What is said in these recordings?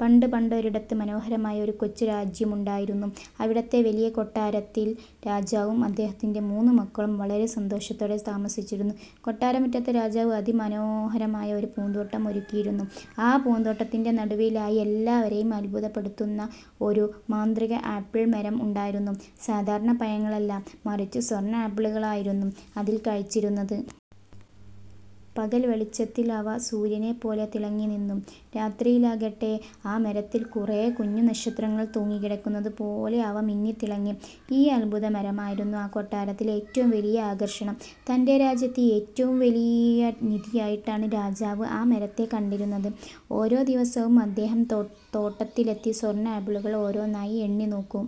പണ്ട് പണ്ടൊരിടത്ത് മനോഹരമായ ഒരു കൊച്ചു രാജ്യമുണ്ടായിരുന്നു. അവിടത്തെ വലിയ കൊട്ടാരത്തിൽ രാജാവും അദ്ദേഹത്തിന്റെ മൂന്ന് മക്കളും വളരെ സന്തോഷത്തോടെ താമസിച്ചിരുന്നു. കൊട്ടാരമുറ്റത്ത് രാജാവ് അതിമനോഹരമായ ഒരു പൂന്തോട്ടം ഒരുക്കിയിരുന്നു. ആ പൂന്തോട്ടത്തിന്റെ നടുവിലായി എല്ലാവരെയും അത്ഭുതപ്പെടുത്തുന്ന ഒരു മാന്ത്രിക ആപ്പിൾ മരം ഉണ്ടായിരുന്നു. സാധാരണ പഴങ്ങളല്ല, മറിച്ചു സ്വർണ ആപ്പിളുകളായിരുന്നു അതിൽ കായ്ച്ചിരുന്നത്. പകൽ വെളിച്ചത്തിൽ അവ സൂര്യനെപ്പോലെ തിളങ്ങിനിന്നു. രാത്രിയിലാകട്ടെ, ആ മരത്തിൽ കുറെ കുഞ്ഞു നക്ഷത്രങ്ങൾ തൂങ്ങിക്കിടക്കുന്നത് പോലെ അവ മിന്നിത്തിളങ്ങി. ഈ അത്ഭുത മരമായിരുന്നു ആ കൊട്ടാരത്തിലെ ഏറ്റവും വലിയ ആകർഷണം. തന്റെ രാജ്യത്തെ ഏറ്റവും വലിയ നിധിയായിട്ടാണ് രാജാവ് ആ മരത്തെ കണ്ടിരുന്നത്. ഓരോ ദിവസവും അദ്ദേഹം തോട്ടത്തിലെത്തി സ്വർണ ആപ്പിളുകൾ ഓരോന്നായി എണ്ണി നോക്കും.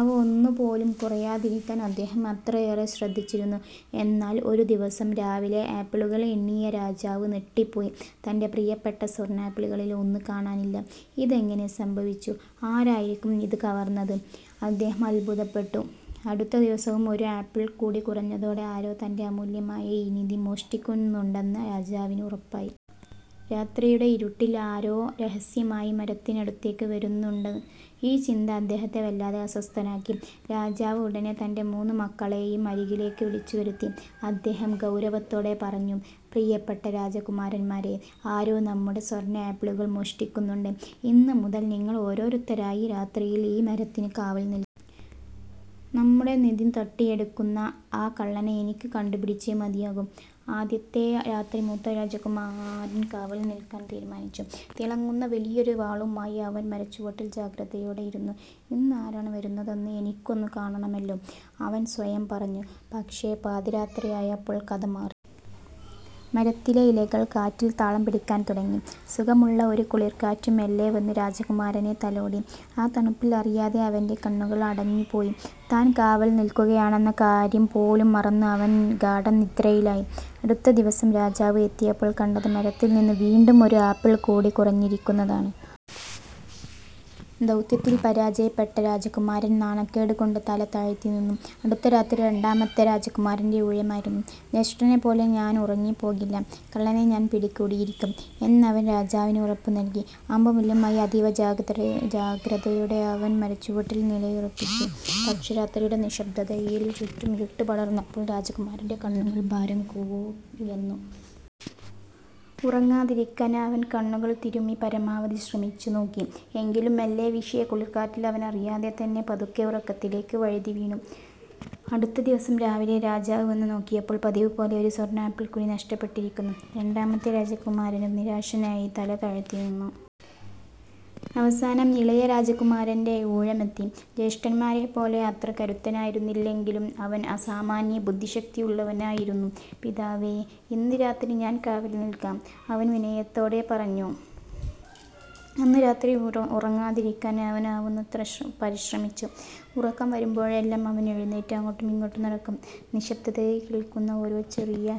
അവ ഒന്നുപോലും കുറയാതിരിക്കാൻ അദ്ദേഹം അത്രയേറെ ശ്രദ്ധിച്ചിരുന്നു. എന്നാൽ ഒരു ദിവസം രാവിലെ ആപ്പിളുകൾ എണ്ണിയ രാജാവ് ഞെട്ടിപ്പോയി! തന്റെ പ്രിയപ്പെട്ട സ്വർണ ആപ്പിളുകളിൽ ഒന്ന് കാണാനില്ല. "ഇതെങ്ങനെ സംഭവിച്ചു? ആരായിരിക്കും ഇത് കവർന്നത്? " അദ്ദേഹം അത്ഭുതപ്പെട്ടു. അടുത്ത ദിവസവും ഒരു ആപ്പിൾ കൂടി കുറഞ്ഞതോടെ, ആരോ തന്റെ അമൂല്യമായ ഈ നിധി മോഷ്ടിക്കുന്നുണ്ടെന്ന് രാജാവിന് ഉറപ്പായി. 'രാത്രിയുടെ ഇരുട്ടിൽ ആരോ രഹസ്യമായി മരത്തിനടുത്തേക്ക് വരുന്നുണ്ട്. ' ഈ ചിന്ത അദ്ദേഹത്തെ വല്ലാതെ അസ്വസ്ഥനാക്കി. രാജാവ് ഉടനെ തന്റെ മൂന്ന് മക്കളെയും അരികിലേക്ക് വിളിച്ചു വരുത്തി. അദ്ദേഹം ഗൗരവത്തോടെ പറഞ്ഞു: "പ്രിയപ്പെട്ട രാജകുമാരന്മാരേ, ആരോ നമ്മുടെ സ്വർണ ആപ്പിളുകൾ മോഷ്ടിക്കുന്നുണ്ട്. ഇന്ന് മുതൽ നിങ്ങൾ ഓരോരുത്തരായി രാത്രിയിൽ ഈ മരത്തിന് കാവൽ നിൽക്കണം. നമ്മുടെ നിധി തട്ടിയെടുക്കുന്ന ആ കള്ളനെ എനിക്ക് കണ്ടുപിടിച്ചേ മതിയാകൂ! " ആദ്യത്തെ രാത്രി മൂത്ത രാജകുമാരൻ കാവൽ നിൽക്കാൻ തീരുമാനിച്ചു. തിളങ്ങുന്ന വലിയൊരു വാളുമായി അവൻ മരച്ചുവട്ടിൽ ജാഗ്രതയോടെ ഇരുന്നു. "ഇന്ന് ആരാണ് വരുന്നതെന്ന് എനിക്കൊന്ന് കാണണമല്ലോ! " അവൻ സ്വയം പറഞ്ഞു. പക്ഷേ, പാതിരാത്രിയായപ്പോൾ കഥ മാറി. മരത്തിലെ ഇലകൾ കാറ്റിൽ താളം പിടിക്കാൻ തുടങ്ങി. സുഖമുള്ള ഒരു കുളിർക്കാറ്റ് മെല്ലെ വന്ന് രാജകുമാരനെ തലോടി. ആ തണുപ്പിൽ അറിയാതെ അവന്റെ കണ്ണുകൾ അടഞ്ഞു പോയി. താൻ കാവൽ നിൽക്കുകയാണെന്ന കാര്യം പോലും മറന്ന് അവൻ ഗാഢനിദ്രയിലായി. അടുത്ത ദിവസം രാജാവ് എത്തിയപ്പോൾ കണ്ടത് മരത്തിൽ നിന്ന് വീണ്ടും ഒരു ആപ്പിൾ കൂടി കുറഞ്ഞിരിക്കുന്നതാണ്! ദൗത്യത്തിൽ പരാജയപ്പെട്ട രാജകുമാരൻ നാണക്കേട് കൊണ്ട് തല താഴ്ത്തി നിന്നു. അടുത്ത രാത്രി രണ്ടാമത്തെ രാജകുമാരന്റെ ഊഴമായിരുന്നു. "ജ്യേഷ്ഠനെപ്പോലെ ഞാൻ ഉറങ്ങിപ്പോകില്ല, കള്ളനെ ഞാൻ പിടികൂടിയിരിക്കും! " എന്ന് അവൻ രാജാവിന് ഉറപ്പുനൽകി. അമ്പും വില്ലുമായി അതീവ ജാഗ്രതയോടെ അവൻ മരച്ചുവട്ടിൽ നിലയുറപ്പിച്ചു. പക്ഷേ, രാത്രിയുടെ നിശബ്ദതയിൽ ചുറ്റും ഇരുട്ടു പടർന്നപ്പോൾ രാജകുമാരന്റെ കണ്ണുകൾക്ക് ഭാരം കൂടി വന്നു. ഉറങ്ങാതിരിക്കാൻ അവൻ കണ്ണുകൾ തിരുമ്മി പരമാവധി ശ്രമിച്ചു നോക്കി. എങ്കിലും മെല്ലെ വീശിയ കുളിർക്കാറ്റിൽ അവനറിയാതെ തന്നെ പതുക്കെ ഉറക്കത്തിലേക്ക് വഴുതിവീണു. അടുത്ത ദിവസം രാവിലെ രാജാവ് വന്നു നോക്കിയപ്പോൾ പതിവുപോലെ ഒരു സ്വർണ ആപ്പിൾ കൂടി നഷ്ടപ്പെട്ടിരിക്കുന്നു! രണ്ടാമത്തെ രാജകുമാരനും നിരാശനായി തല താഴ്ത്തി നിന്നു. അവസാനം ഇളയ രാജകുമാരന്റെ ഊഴമെത്തി. ജ്യേഷ്ഠന്മാരെപ്പോലെ അത്ര കരുത്തനായിരുന്നില്ലെങ്കിലും, അവൻ അസാമാന്യ ബുദ്ധിശക്തിയുള്ളവനായിരുന്നു. "പിതാവേ, ഇന്ന് രാത്രി ഞാൻ കാവൽ നിൽക്കാം. " അവൻ വിനയത്തോടെ പറഞ്ഞു. അന്ന് രാത്രി ഉറങ്ങാതിരിക്കാൻ അവൻ ആവുന്നത്ര പരിശ്രമിച്ചു. ഉറക്കം വരുമ്പോഴെല്ലാം അവൻ എഴുന്നേറ്റ് അങ്ങോട്ടും ഇങ്ങോട്ടും നടക്കും. നിശബ്ദതയിൽ കേൾക്കുന്ന ഓരോ ചെറിയ